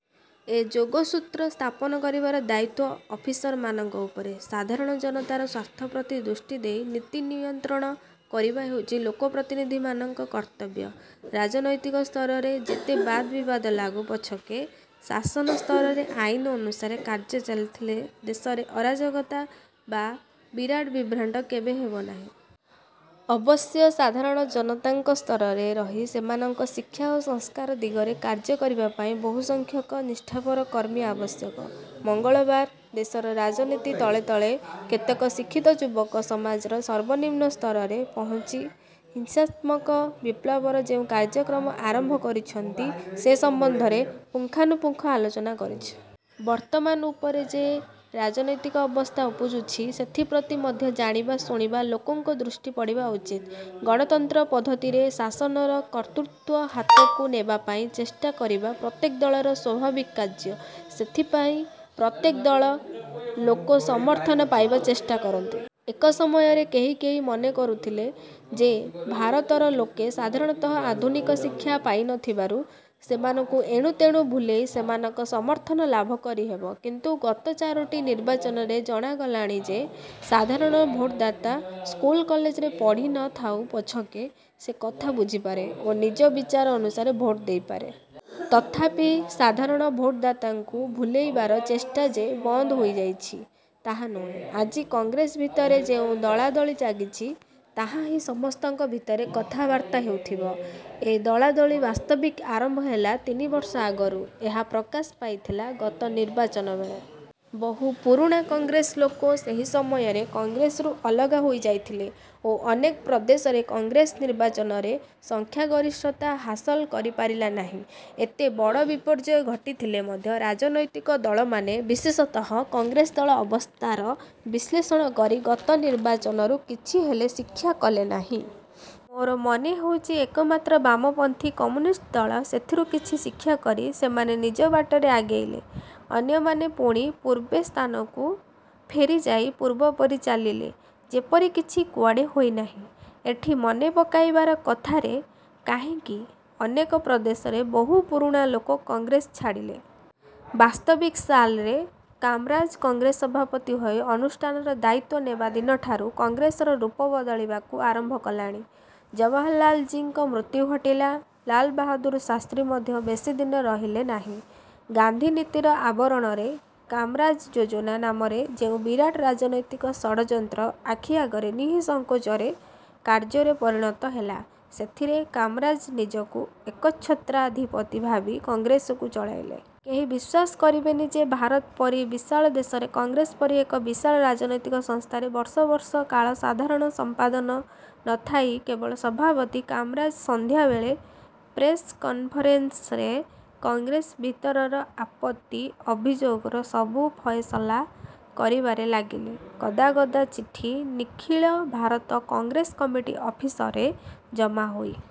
ଏ ଯୋଗସୂତ୍ର ସ୍ଥାପନ କରିବାର ଦାୟିତ୍ୱ ଅଫିସରମାନଙ୍କ ଉପରେ। ସାଧାରଣ ଜନତାର ସ୍ୱାର୍ଥପ୍ରତି ଦୃଷ୍ଟି ଦେଇ ନୀତି ନିୟନ୍ତ୍ରଣ କରିବା ହେଉଛି ଲୋକପ୍ରତିନିଧିମାନଙ୍କ କର୍ତ୍ତବ୍ୟ। ରାଜନୈତିକ ସ୍ତରରେ ଯେତେ ବାଦ ବିବାଦ ଲାଗୁ ପଛକେ ଶାସନ ସ୍ତରରେ ଆଇନ ଅନୁସାରେ କାର୍ଯ୍ୟ ଚାଲିଥିଲେ ଦେଶରେ ଅରାଜକତା ବା ବିରାଟ ବିଭ୍ରାଟ କେବେ ହେବନାହିଁ। ଅବଶ୍ୟ ସାଧାରଣ ଜନତାଙ୍କ ସ୍ତରରେ ରହି ସେମାନଙ୍କ ଶିକ୍ଷା ଓ ସଂସ୍କାର ଦିଗରେ କାର୍ଯ୍ୟ କରିବାପାଇଁ ବହୁ ସଂଖ୍ୟକ ନିଷ୍ଠାପର କର୍ମୀ ଆବଶ୍ୟକ। ମଙ୍ଗଳବାର ଦେଶର ରାଜନୀତି ତଳେ ତଳେ କେତେକ ଶିକ୍ଷିତ ଯୁବକ ସମାଜର ସର୍ବନିମ୍ନ ସ୍ତରରେ ପହୁଞ୍ଚି ହିଂସାତ୍ମକ ବିପ୍ଳବର ଯେଉଁ କାର୍ଯ୍ୟକ୍ରମ ଆରମ୍ଭ କରିଛନ୍ତି ସେ ସମ୍ବନ୍ଧରେ ପୁଙ୍ଖାନୁପୁଙ୍ଖ ଆଲୋଚନା କରିଛି। ବର୍ତ୍ତମାନ ଉପରେ ଯେ ରାଜନୈତିକ ଅବସ୍ଥା ଉପୁଜିଛି, ସେଥିପ୍ରତି ମଧ୍ୟ ଜାଣିବା ଶୁଣିବା ଲୋକଙ୍କ ଦୃଷ୍ଟି ପଡ଼ିବା ଉଚିତ। ଗଣତନ୍ତ୍ର ପଦ୍ଧତିରେ ଶାସନର କର୍ତ୍ତୃତ୍ୱ ହାତକୁ ନେବାପାଇଁ ଚେଷ୍ଟା କରିବା ପ୍ରତ୍ୟେକ ଦଳର ସ୍ୱାଭାବିକ କାର୍ଯ୍ୟ। ସେଥିପାଇଁ ପ୍ରତ୍ୟେକ ଦଳ ଲୋକ ସମର୍ଥନ ପାଇବା ଚେଷ୍ଟା କରନ୍ତି। ଏକ ସମୟରେ କେହି କେହି ମନେ କରୁଥିଲେ ଯେ ଭାରତର ଲୋକେ ସାଧାରଣତଃ ଆଧୁନିକ ଶିକ୍ଷା ପାଇନଥିବାରୁ ସେମାନଙ୍କୁ ଏଣୁ ତେଣୁ ଭୁଲେଇ ସେମାନଙ୍କ ସମର୍ଥନ ଲାଭ କରିହେବ; କିନ୍ତୁ ଗତ ଚାରୋଟି ନିର୍ବାଚନରେ ଜଣାଗଲାଣି ଯେ ସାଧାରଣ ଭୋଟଦାତା ସ୍କୁଲ କଲେଜରେ ପଢ଼ି ନ ଥାଉ ପଛକେ ସେ କଥା ବୁଝିପାରେ ଓ ନିଜ ବିଚାର ଅନୁସାରେ ଭୋଟ ଦେଇପାରେ। ତଥାପି ସାଧାରଣ ଭୋଟଦାତାଙ୍କୁ ଭୁଲେଇବାର ଚେଷ୍ଟା ଯେ ବନ୍ଦ ହୋଇଯାଇଛି, ତାହା ନୁହେଁ। ଆଜି କଂଗ୍ରେସ ଭିତରେ ଯେଉଁ ଦଳାଦଳି ଲାଗିଛି, ତାହାହିଁ ସମସ୍ତଙ୍କ ଭିତରେ କଥାବାର୍ତ୍ତା ହେଉଥିବ। ଏ ଦଳାଦଳି ବାସ୍ତବିକ ଆରମ୍ଭ ହେଲା ତିନିବର୍ଷ ଆଗରୁ। ଏହା ପ୍ରକାଶ ପାଇଥିଲା ଗତ ନିର୍ବାଚନବେଳେ। ବହୁ ପୁରୁଣା କଂଗ୍ରେସ ଲୋକ ସେହି ସମୟରେ କଂଗ୍ରେସରୁ ଅଲଗା ହୋଇଯାଇଥିଲେ ଓ ଅନେକ ପ୍ରଦେଶରେ କଂଗ୍ରେସ ନିର୍ବାଚନରେ ସଂଖ୍ୟାଗରିଷ୍ଠତା ହାସଲ କରିପାରିଲାନାହିଁ। ଏତେ ବଡ଼ ବିପର୍ଯ୍ୟୟ ଘଟିଥିଲେ ମଧ୍ୟ ରାଜନୈତିକ ଦଳମାନେ ବିଶେଷତଃ କଂଗ୍ରେସ ଦଳ ଅବସ୍ଥାର ବିଶ୍ଳେଷଣ କରି ଗତ ନିର୍ବାଚନରୁ କିଛି ହେଲେ ଶିକ୍ଷା କଲେନାହିଁ। ମୋର ମନେହେଉଛି ଏକମାତ୍ର ବାମପନ୍ଥୀ କମ୍ୟୁନିଷ୍ଟ ଦଳ ସେଥିରୁ କିଛି ଶିକ୍ଷାକରି ସେମାନେ ନିଜ ବାଟରେ ଆଗେଇଲେ। ଅନ୍ୟମାନେ ପୁଣି ପୂର୍ବେ ସ୍ଥାନକୁ ଫେରିଯାଇ ପୂର୍ବପରି ଚାଲିଲେ। ଯେପରି କିଛି କୁଆଡ଼େ ହୋଇନାହିଁ। ଏଠି ମନେପକାଇବାର କଥା ରେ କାହିଁକି ଅନେକ ପ୍ରଦେଶରେ ବହୁ ପୁରୁଣା ଲୋକ କଂଗ୍ରେସ ଛାଡ଼ିଲେ। ବାସ୍ତବିକ ସାଲରେ କାମରାଜ କଂଗ୍ରେସ ସଭାପତି ହୋଇ ଅନୁଷ୍ଠାନର ଦାୟିତ୍ୱ ନେବା ଦିନଠାରୁ କଂଗ୍ରେସର ରୂପ ବଦଳିବାକୁ ଆରମ୍ଭ କଲାଣି। ଜବାହରଲାଲଜୀଙ୍କ ମୃତ୍ୟୁ ଘଟିଲା। ଲାଲବାହାଦୂର ଶାସ୍ତ୍ରୀ ମଧ୍ୟ ବେଶି ଦିନ ରହିଲେନାହିଁ। ଗାନ୍ଧିନୀତିର ଆବରଣରେ କାମରାଜ ଯୋଜନା ନାମରେ ଯେଉଁ ବିରାଟ ରାଜନୈତିକ ଷଡ଼ଯନ୍ତ୍ର ଆଖି ଆଗରେ ନିଃସଙ୍କୋଚରେ କାର୍ଯ୍ୟରେ ପରିଣତ ହେଲା, ସେଥିରେ କାମରାଜ ନିଜକୁ ଏକଚ୍ଛତ୍ରାଧିପତି ଭାବି କଂଗ୍ରେସକୁ ଚଳାଇଲେ। କେହି ବିଶ୍ୱାସ କରିବେନି ଯେ ଭାରତ ପରି ବିଶାଳ ଦେଶରେ କଂଗ୍ରେସ ପରି ଏକ ବିଶାଳ ରାଜନୈତିକ ସଂସ୍ଥାରେ ବର୍ଷ ବର୍ଷ କାଳ ସାଧାରଣ ସମ୍ପାଦନ ନ ଥାଇ କେବଳ ସଭାପତି କାମରାଜ ସନ୍ଧ୍ୟାବେଳେ ପ୍ରେସକନ୍ଫରେନ୍ସରେ କଂଗ୍ରେସ ଭିତରର ଆପତ୍ତି ଅଭିଯୋଗର ସବୁ ଫଏସଲା କରିବାରେ ଲାଗିଲେ! ଗଦା ଗଦା ଚିଠି ନିଖିଳ ଭାରତ କଂଗ୍ରେସ କମିଟି ଅଫିସରେ ଜମାହୋଇ